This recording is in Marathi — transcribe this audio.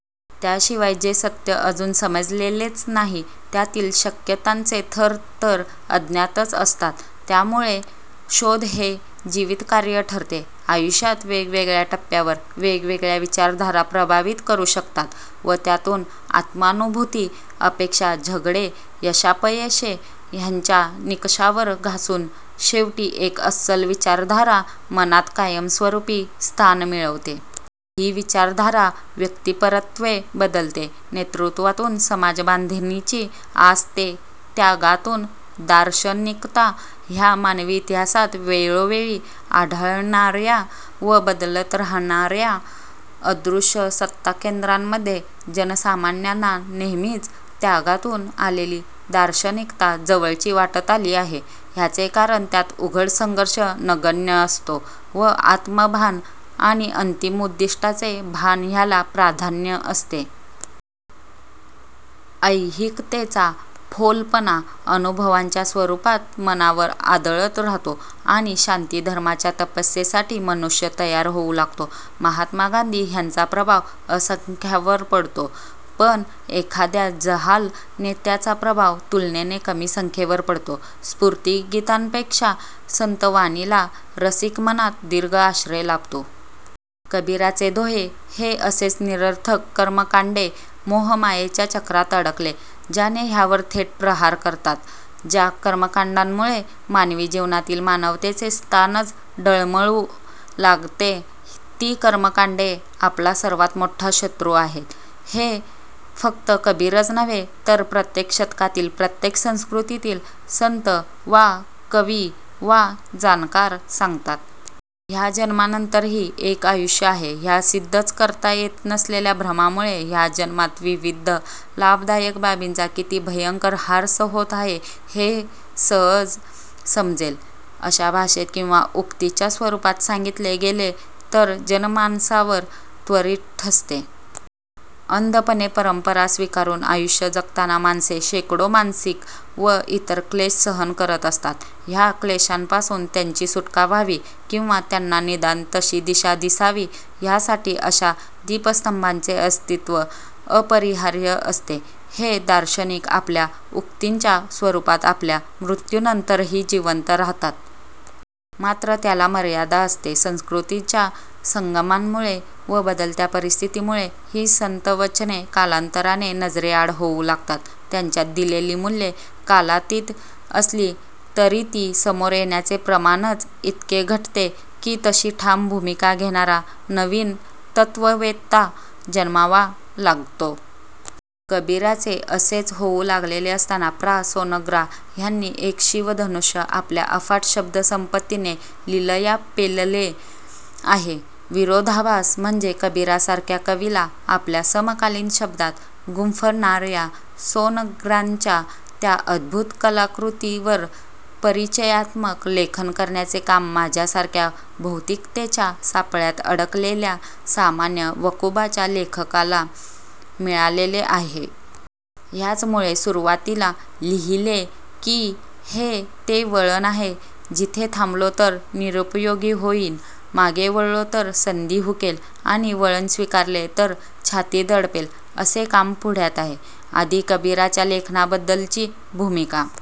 त्याशिवाय जे सत्य अजून समजलेलेच नाही त्यातील शक्यतांचे थर तर अज्ञातच असतात. त्यामुळे शोध हे जीवितकार्य ठरते. आयुष्यात वेगवेगळ्या टप्प्यावर वेगवेगळ्या विचारधारा प्रभावित करू शकतात व त्यातून आत्मानुभुती, अपेक्षा, झगडे, यशापयशे ह्यांच्या निकषावर घासून शेवटी एक अस्सल विचारधारा मनात कायमस्वरुपी स्थान मिळवते. ही विचारधारा व्यक्तीपरत्वे बदलते. नेतृत्वातून समाजबांधणीची आस ते त्यागातून दार्शनिकता ह्या मानवी इतिहासात वेळोवेळी आढळणार्या व बदलत राहणार्या अदृश्य सत्ताकेंद्रांमध्ये जनसामान्यांना नेहमीच त्यागातून आलेली दार्शनिकता जवळची वाटत आली आहे. ह्याचे कारण त्यात उघड संघर्ष नगण्य असतो व आत्मभान आणि अंतिम उद्दिष्टाचे भान ह्याला प्राधान्य असते. ऐहिकतेचा फोलपणा अनुभवांच्या स्वरुपात मनावर आदळत राहतो आणि शांतीधर्माच्या तपस्येसाठी मनुष्य तयार होऊ लागतो. महात्मा गांधी ह्यांचा प्रभाव असंख्यांवर पडतो पण एखाद्या जहाल नेत्याचा प्रभाव तुलनेने कमी संख्येवर पडतो. स्फुर्तीगीतांपेक्षा संतवाणीला रसिकमनात दीर्घ आश्रय लाभतो. कबीराचे दोहे हे असेच निरर्थक कर्मकांडे, मोह-मायेच्या चक्रात अडकले जाणे ह्यावर थेट प्रहार करतात. ज्या कर्मकांडांमुळे मानवी जीवनातील मानवतेचे स्थानच डळमळू लागते ती कर्मकांडे आपला सर्वात मोठा शत्रू आहेत हे फक्त कबीरच नव्हे तर प्रत्येक शतकातील, प्रत्येक संस्कृतीतील संत वा कवी वा जाणकार सांगतात. ह्या जन्मानंतरही एक आयुष्य आहे ह्या सिद्धच करता येत नसलेल्या भ्रमामुळे ह्या जन्मात विविध लाभदायक बाबींचा किती भयंकर र्हास होत आहे हे सहज समजेल अशा भाषेत किंवा उक्तीच्या स्वरुपात सांगितले गेले तर जनमानसावर त्वरीत ठसते. अंधपणे परंपरा स्वीकारून आयुष्य जगताना माणसे शेकडो मानसिक व इतर क्लेष सहन करत असतात. ह्या क्लेषांपासून त्यांची सुटका व्हावी किंवा त्यांना निदान तशी दिशा दिसावी ह्यासाठी अशा दीपस्तंभांचे अस्तित्व अपरिहार्य असते. हे दार्शनिक आपल्या उक्तींच्या स्वरुपात आपल्या मृत्यूनंतरही जिवंत राहतात. मात्र त्याला मर्यादा असते. संस्कृतींच्या संगमांमुळे व बदलत्या परिस्थितीमुळे ही संतवचने कालांतराने नजरेआड होऊ लागतात. त्यांच्यात दिलेली मूल्ये कालातीत असली तरी ती समोर येण्याचे प्रमाणच इतके घटते की तशी ठाम भूमिका घेणारा नवीन तत्ववेत्ता जन्मावा लागतो. कबीराचे असेच होऊ लागलेले असताना प्रा. सोनग्रा ह्यांनी एक शिवधनुष्य आपल्या अफाट शब्दसंपत्त्तीने लीलया पेलले आहे. विरोधाभास म्हणजे कबीरासारख्या कवीला आपल्या समकालीन शब्दांत गुंफणार्या सोनग्रांच्या त्या अद्भुत कलाकृतीवर परिचयात्मक लेखन करण्याचे काम माझ्यासारख्या भौतिकतेच्या सापळ्यात अडकलेल्या सामान्य वकुबाच्या लेखकाला मिळालेले आहे. ह्याचमुळे सुरुवातीला लिहिले की हे ते वळण आहे जिथे थांबलो तर निरुपयोगी होईन, मागे वळलो तर संधी हुकेल आणि वळण स्वीकारले तर छाती दडपेल असे काम पुढ्यात आहे. आधी कबीराच्या लेखनाबद्दलची भूमिका